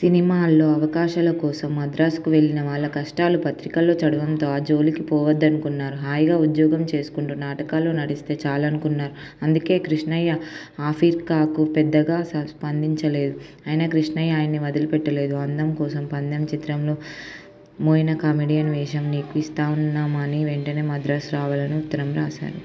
సినిమాల్లో అవకాశాల కోసం మద్రాసుకి వెళ్లిన వాళ్ల కష్టాలు పత్రికల్లో చదవడంతో ఆ జోలికి పోవద్దనుకొన్నారు. హాయిగా ఉద్యోగం చేసుకొంటూ నాటకాల్లో నటిస్తే చాలుకొన్నారు. అందుకే కృష్ణయ్య ఆఫర్కి పెద్దగా స్పందించలేదు. అయినా కృష్ణయ్య ఆయన్ని వదిలిపెట్టలేదు. 'అందం కోసం పందెం' చిత్రంలో మెయిన కమెడియన్ వేషం నీకు ఇస్తున్నామనీ, వెంటనే మద్రాసు రావాలనీ ఉత్తరం రాశారు.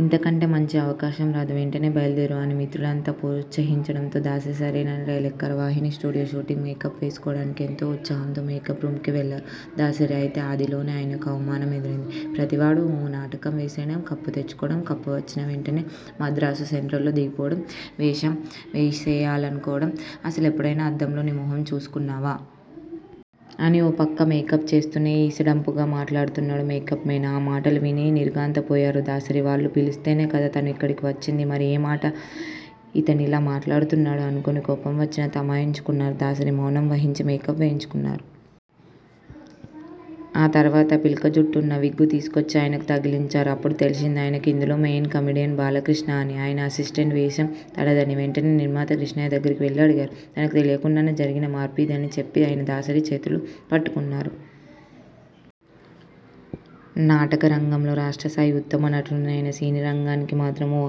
'ఇంతకంటే మంచి అవకాశం రాదు. వెంటనే బయలుదేరు' అని మిత్రులంతా ప్రోత్సహించడంతో దాసరి సరేనని రైలెక్కారు. వాహినీ స్టూడియో షూటింగ్ మేకప్ వేసుకోవడానికి ఎంతో ఉత్సాహంతో మేకప్ రూమ్కి వెళ్లారు దాసరి. అయితే ఆదిలోనే ఆయనకు అవమానం ఎదురైంది. 'ప్రతి వాడూ ఓ నాటకం వేసేయడం, కప్పు తెచ్చుకోవడం, కప్పు వచ్చిన వెంటనే మద్రాసు సెంట్రల్లో దిగిపోవడం, వేషం వేసేయాలనుకోవడం అసలెప్పుడైనా అద్దంలో నీ మొహం చూసుకొన్నావా? ' అని ఓ పక్క మేకప్ చేస్తూనే ఈసడింపుగా మాట్లాడుతున్నాడు మేకప్ మేన్. ఆ మాటలు విని నిర్ఘాంతపోయారు దాసరి. వాళ్లు పిలిస్తేనే కదా తను ఇక్కడికి వచ్చింది? మరి ఏమిటీ ఇతనిలా మాట్లాడుతున్నాడు? అనుకుని కోపం వచ్చినా తమాయించుకొన్నారు దాసరి. మౌనం వహించి మేకప్ వేయించుకొన్నారు. ఆ తర్వాత పిలకజుట్టు ఉన్న విగ్గు తీసుకొచ్చి ఆయనకి తగిలించారు. అప్పుడు తెలిసింది ఆయనకు ఇందులో మెయిన్ కమెడియన్ బాలకృష్ణ అనీ, ఆయన అసిస్టెంట్ వేషం తనదనీ. వెంటనే నిర్మాత కృష్ణయ్య దగ్గరికి వెళ్లి అడిగారు. తనకు తెలియకుండానే జరిగిన మార్పు ఇదని చెప్పి ఆయన దాసరి చేతులు పట్టుకొన్నారు. నాటకరంగంలో రాష్ట్ర స్థాయి ఉత్తమ నటుడినైనా సినిరంగానికి మాత్రం ఓ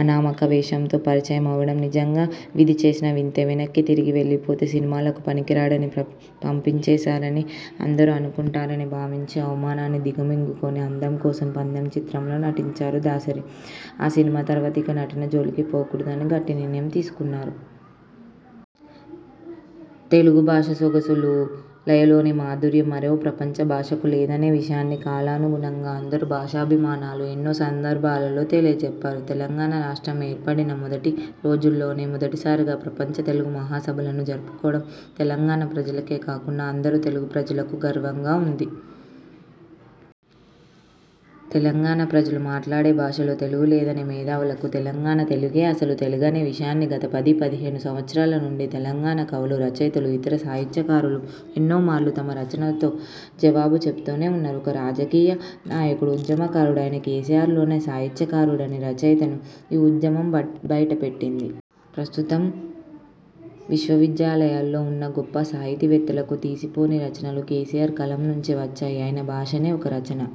అనామక వేషంతో పరిచయమవడం నిజంగా విధి చేసిన వింతే. వెనక్కి తిరిగి వెళ్లిపోతే 'సినిమాలకు పనికిరాడని పంపించేశారని' అందరూ అనుకొంటారని భావించి, అవమానాన్ని దిగమింగుకొని 'అందం కోసం పందెం' చిత్రంలో నటించారు దాసరి. ఆ సినిమా తర్వాత ఇక నటన జోలికి పోకూడదని గట్టి నిర్ణయం తీసుకొన్నారు. తెలుగు భాష సొగసులు, లయలోని మాధుర్యం మరే ప్రపంచ భాషకు లేదనే విషయాన్ని కాలానుగుణంగా అందరు భాషాభిమానులు ఎన్నో సందర్భాలలో తెలియజెప్పారు. తెలంగాణ రాష్ట్రం ఏర్పడిన మొదటి రోజుల్లోనే మొదటిసారిగా ప్రపంచ తెలుగు మహాసభలను జరుపుకోవడం తెలంగాణ ప్రజలకే కాకుండా అందరు తెలుగు ప్రజలకు గర్వంగా ఉంది. తెలంగాణ ప్రజలు మాట్లాడే భాషలో తెలుగు లేదనే మేధావులకు తెలంగాణ తెలుగే అసలు తెలుగనే విషయాన్ని గత పది పదిహేను సంవత్సరాల నుండి తెలంగాణ కవులు, రచయితలు, ఇతర సాహిత్యకారులు ఎన్నోమార్లు తమ రచనలతో జవాబు చెపుతూనే ఉన్నారు. ఒక రాజకీయ నాయకుడు, ఉద్యమకారుడు అయిన కేసీఆర్ లోని సాహిత్యకారుడిని, రచయితను ఈ ఉద్యమం బయటపెట్టింది. ప్రస్తుతం విశ్వవిద్యాలయాల్లో ఉన్న గొప్ప సాహితీవేత్తలకు తీసిపోని రచనలు కేసీఆర్ కలం నుంచి వచ్చాయి. ఆయన భాషనే ఒక రచన.